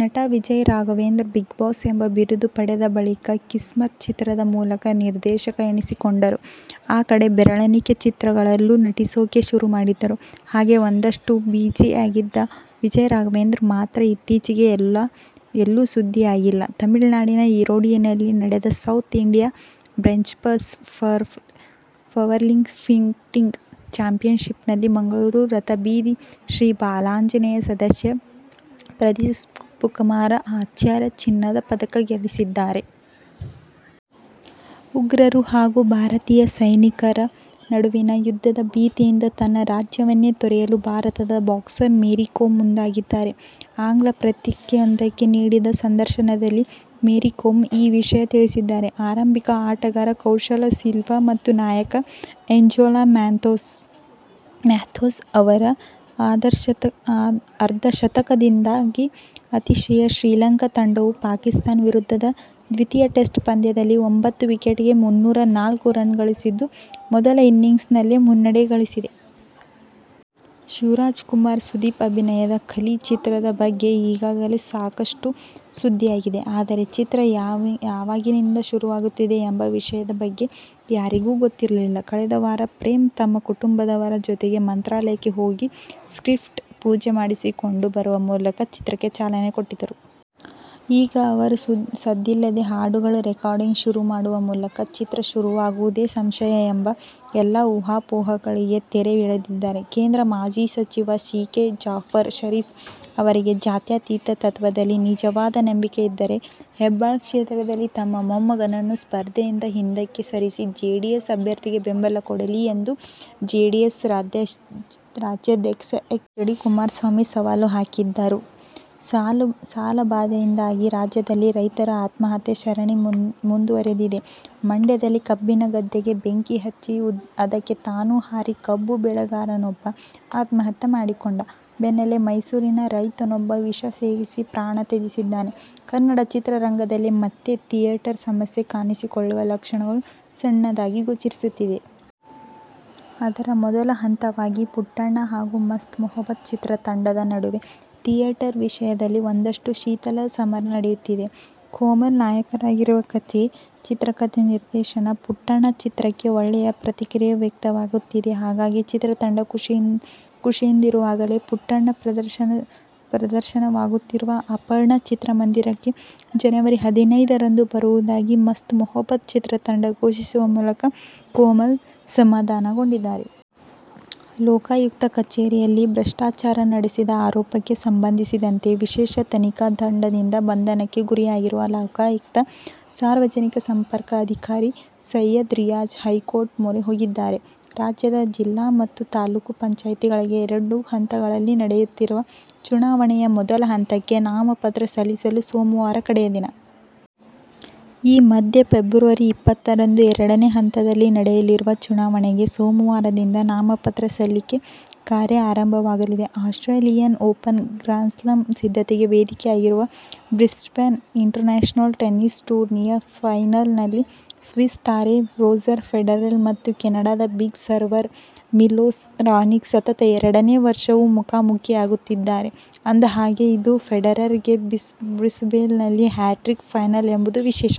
ನಟ ವಿಜಯರಾಘವೇಂದ್ರ "ಬಿಗ್ಬಾಸ್' ಎಂಬ ಬಿರುದು ಪಡೆದ ಬಳಿಕ "ಕಿಸ್ಮತ್' ಚಿತ್ರದ ಮೂಲಕ ನಿರ್ದೇಶಕ ಎನಿಸಿಕೊಂಡರು. ಆ ಕಡೆ ಬೆರಳೆಣಿಕೆ ಚಿತ್ರಗಳಲ್ಲೂ ನಟಿಸೋಕೆ ಶುರುಮಾಡಿದರು. ಹಾಗೇ ಒಂದಷ್ಟು ಬಿಜಿಯಾಗಿದ್ದ ವಿಜಯರಾಘವೇಂದ್ರ ಮಾತ್ರ ಇತ್ತೀಚೆಗೆ ಎಲ್ಲೂ ಸುದ್ದಿಯಾಗಿಲ್ಲ. ತಮಿಳುನಾಡಿನ ಈರೋಡಿನಲ್ಲಿ ನಡೆದ ಸೌತ್ ಇಂಡಿಯನ್ ಬೆಂಚ್ಪ್ರಸ್ ಪವರ್ಲಿಫ್ಟಿಂಗ್ ಚಾಂಪಿಯನ್ಶಿಪ್ನಲ್ಲಿ ಮಂಗಳೂರು ರಥಬೀದಿ ಶ್ರೀ ಬಾಲಾಂಜನೇಯ ಸದಸ್ಯ ಪ್ರದೀಪ್ಕುಮಾರ್ ಆಚಾರ್ಯ ಚಿನ್ನದ ಪದಕ ಗಳಿಸಿದ್ದಾರೆ. ಉಗ್ರರು ಹಾಗೂ ಭಾರತೀಯ ಸೈನಿಕರ ನಡುವಿನ ಯುದ್ಧದ ಭೀತಿಯಿಂದ ತನ್ನ ರಾಜ್ಯವನ್ನೇ ತೊರೆಯಲು ಭಾರತದ ಬಾಕ್ಸರ್ ಮೇರಿ ಕೋಮ್ ಮುಂದಾಗಿದ್ದಾರೆ. ಆಂಗ್ಲ ಪತ್ರಿಕೆಯೊಂದಕ್ಕೆ ನೀಡಿದ ಸಂದರ್ಶನದಲ್ಲಿ ಮೇರಿ ಕೋಮ್ ಈ ವಿಷಯ ತಿಳಿಸಿದ್ದಾರೆ. ಆರಂಭಿಕ ಆಟಗಾರ ಕೌಶಲ್ ಸಿಲ್ವ ಮತ್ತು ನಾಯಕ ಏಂಜೆಲೊ ಮ್ಯಾಥ್ಯೂಸ್ ಅವರ ಅರ್ಧಶತಕದಿಂದಾಗಿ ಆತಿಥೇಯ ಶ್ರೀಲಂಕಾ ತಂಡವು ಪಾಕಿಸ್ಥಾನ ವಿರುದ್ಧದ ದ್ವಿತೀಯ ಟೆಸ್ಟ್ ಪಂದ್ಯದಲ್ಲಿ ಒಂಬತ್ತು ವಿಕೆಟಿಗೆ ಮುನ್ನೂರ ನಾಲ್ಕು ರನ್ ಗಳಿಸಿದ್ದು ಮೊದಲ ಇನ್ನಿಂಗ್ಸ್ ನಲ್ಲಿ ಮುನ್ನಡೆ ಗಳಿಸಿದೆ. ಶಿವರಾಜಕುಮಾರ್-ಸುದೀಪ್ ಅಭಿನಯದ "ಕಲಿ' ಚಿತ್ರದ ಬಗ್ಗೆ ಈಗಾಗಲೇ ಸಾಕಷ್ಟು ಸುದ್ದಿಯಾಗಿದೆ. ಆದರೆ, ಚಿತ್ರ ಯಾವಾಗಿನಿಂದ ಶುರುವಾಗುತ್ತದೆ ಎಂಬ ವಿಷಯದ ಬಗ್ಗೆ ಯಾರಿಗೂ ಗೊತ್ತಿರಲಿಲ್ಲ. ಕಳೆದ ವಾರ ಪ್ರೇಮ್ ತಮ್ಮ ಕುಟುಂಬದವರ ಜೊತೆಗೆ ಮಂತ್ರಾಲಯಕ್ಕೆ ಹೋಗಿ ಸ್ಕ್ರಿಪ್ಟ್ ಪೂಜೆ ಮಾಡಿಸಿಕೊಂಡು ಬರುವ ಮೂಲಕ ಚಿತ್ರಕ್ಕೆ ಚಾಲನೆ ಕೊಟ್ಟಿದ್ದರು. ಈಗ ಅವರು ಸದ್ದಿಲ್ಲದೆ ಹಾಡುಗಳ ರೆಕಾರ್ಡಿಂಗ್ ಶುರು ಮಾಡುವ ಮೂಲಕ, ಚಿತ್ರ ಶುರುವಾಗುವುದೇ ಸಂಶಯ ಎಂಬ ಎಲ್ಲಾ ಊಹಾಪೋಹಗಳಿಗೆ ತೆರೆ ಎಳೆದಿದ್ದಾರೆ. ಕೇಂದ್ರ ಮಾಜಿ ಸಚಿವ ಸಿ. ಕೆ. ಜಾಫರ್ ಷರೀಫ್ ಅವರಿಗೆ ಜಾತ್ಯತೀತ ತತ್ವದಲ್ಲಿ ನಿಜವಾದ ನಂಬಿಕೆ ಇದ್ದರೆ ಹೆಬ್ಟಾಳ ಕ್ಷೇತ್ರದಲ್ಲಿ ತಮ್ಮ ಮೊಮ್ಮಗನನ್ನು ಸ್ಪರ್ಧೆಯಿಂದ ಹಿಂದಕ್ಕೆ ಸರಿಸಿ ಜೆಡಿಎಸ್ ಅಭ್ಯರ್ಥಿಗೆ ಬೆಂಬಲಕೊಡಲಿ ಎಂದು ಜೆಡಿಎಸ್ ರಾಜ್ಯಾಧ್ಯಕ್ಷ ಎಚ್. ಡಿ. ಕುಮಾರಸ್ವಾಮಿ ಸವಾಲು ಹಾಕಿದರು. ಸಾಲಬಾಧೆಯಿಂದಾಗಿ ರಾಜ್ಯದಲ್ಲಿ ರೈತರ ಆತ್ಮಹತ್ಯೆ ಸರಣಿ ಮುಂದುವರೆದಿದೆ. ಮಂಡ್ಯದಲ್ಲಿ ಕಬ್ಬಿನ ಗದ್ದೆಗೆ ಬೆಂಕಿ ಹಚ್ಚಿ, ಅದಕ್ಕೆ ತಾನು ಹಾರಿ ಕಬ್ಬು ಬೆಳೆಗಾರನೊಬ್ಬ ಆತ್ಮಹತ್ಯೆ ಮಾಡಿಕೊಂಡ ಬೆನ್ನಲ್ಲೇ ಮೈಸೂರಿನ ರೈತನೊಬ್ಬ ವಿಷ ಸೇವಿಸಿ ಪ್ರಾಣ ತ್ಯಜಿಸಿದ್ದಾನೆ. ಕನ್ನಡ ಚಿತ್ರರಂಗದಲ್ಲಿ ಮತ್ತೆ ಥಿಯೇಟರ್ ಸಮಸ್ಯೆ ಕಾಣಿಸಿಕೊಳ್ಳುವ ಲಕ್ಷಣಗಳು ಸಣ್ಣದಾಗಿ ಗೋಚರಿಸುತ್ತಿದೆ. ಅದರ ಮೊದಲ ಹಂತವಾಗಿ "ಪುಟ್ಟಣ್ಣ' ಹಾಗೂ "ಮಸ್ತ್ ಮೊಹಬ್ಬತ್' ಚಿತ್ರತಂಡದ ನಡುವೆ ಥಿಯೇಟರ್ ವಿಷಯದಲ್ಲಿ ಒಂದಷ್ಟು ಶೀತಲ ಸಮರ ನಡೆಯುತ್ತಿದೆ. ಕೋಮಲ್ ನಾಯಕರಾಗಿರುವ "ಕಥೆ-ಚಿತ್ರಕಥೆ-ನಿರ್ದೇಶನ ''ಪುಟ್ಟಣ್ಣ' ಚಿತ್ರಕ್ಕೆ ಒಳ್ಳೆಯ ಪ್ರತಿಕ್ರಿಯೆ ವ್ಯಕ್ತವಾಗುತ್ತಿದೆ. ಹಾಗಾಗಿ, ಚಿತ್ರತಂಡ ಖುಷಿಯಿಂದಿರುವಾಗಲೇ "ಪುಟ್ಟಣ್ಣ' ಪ್ರದರ್ಶನವಾಗುತ್ತಿರುವ ಅಪರ್ಣಾ ಚಿತ್ರಮಂದಿರಕ್ಕೆ ಜನವರಿ ಹದಿನೈದ ರಂದು ಬರುವುದಾಗಿ "ಮಸ್ತ್ ಮೊಹಬ್ಬತ್' ಚಿತ್ರತಂಡ ಘೋಷಿಸುವ ಮೂಲಕ ಕೋಮಲ್ ಸಮಾಧಾನಗೊಂಡಿದ್ದಾರೆ. ಲೋಕಾಯುಕ್ತ ಕಚೇರಿಯಲ್ಲಿ ಭ್ರಷ್ಟಾಚಾರ ನಡೆಸಿದ ಆರೋಪಕ್ಕೆ ಸಂಬಂಧಿಸಿದಂತೆ ವಿಶೇಷ ತನಿಖಾ ತಂಡದಿಂದ ಬಂಧನಕ್ಕೆ ಗುರಿಯಾಗಿರುವ ಲೋಕಾಯುಕ್ತ ಸಾರ್ವಜನಿಕ ಸಂಪರ್ಕ ಅಧಿಕಾರಿ ಸಯ್ಯದ್ ರಿಯಾಜ್ ಹೈಕೋರ್ಟ್ ಮೊರೆ ಹೋಗಿದ್ದಾರೆ. ರಾಜ್ಯದ ಜಿಲ್ಲಾ ಮತ್ತು ತಾಲೂಕು ಪಂಚಾಯ್ತಿಗಳಿಗೆ ಎರಡು ಹಂತಗಳಲ್ಲಿ ನಡೆಯುತ್ತಿರುವ ಚುನಾವಣೆಯ ಮೊದಲ ಹಂತಕ್ಕೆ ನಾಮಪತ್ರ ಸಲ್ಲಿಸಲು ಸೋಮವಾರ ಕಡೆಯ ದಿನ. ಈ ಮಧ್ಯೆ ಫೆಬ್ರವರಿ ಇಪ್ಪತ್ತರಂದು ಎರಡನೇ ಹಂತದಲ್ಲಿ ನಡೆಯಲಿರುವ ಚುನಾವಣೆಗೆ ಸೋಮವಾರದಿಂದ ನಾಮಪತ್ರ ಸಲ್ಲಿಕೆ ಕಾರ್ಯ ಆರಂಭವಾಗಲಿದೆ. ಆಸ್ಟ್ರೇಲಿಯನ್ ಓಪನ್ ಗ್ರಾನ್ಸ್ಲಾಮ್ ಸಿದ್ಧತೆಗೆ ವೇದಿಕೆಯಾಗಿರುವ "ಬ್ರಿಸ್ಬೇನ್ ಇಂಟರ್ನ್ಯಾಶನಲ್ ಟೆನ್ನಿಸ್ ಟೂರ್ನಿ'ಯ ಫೈನಲ್ನಲ್ಲಿ ಸ್ವಿಸ್ ತಾರೆ ರೋಜರ್ ಫೆಡರರ್ ಮತ್ತು ಕೆನಡಾದ "ಬಿಗ್ ಸರ್ವರ್' ಮಿಲೋಸ್ ರಾನಿಕ್ ಸತತ ಎರಡನೇ ವರ್ಷವೂ ಮುಖಾಮುಖೀಯಾಗುತ್ತಿದ್ದಾರೆ. ಅಂದಹಾಗೆ ಇದು ಫೆಡರರ್ಗೆ ಬ್ರಿಸ್ಬೇನ್ನಲ್ಲಿ ಹ್ಯಾಟ್ರಿಕ್ ಫೈನಲ್ ಎಂಬುದು ವಿಶೇಷ.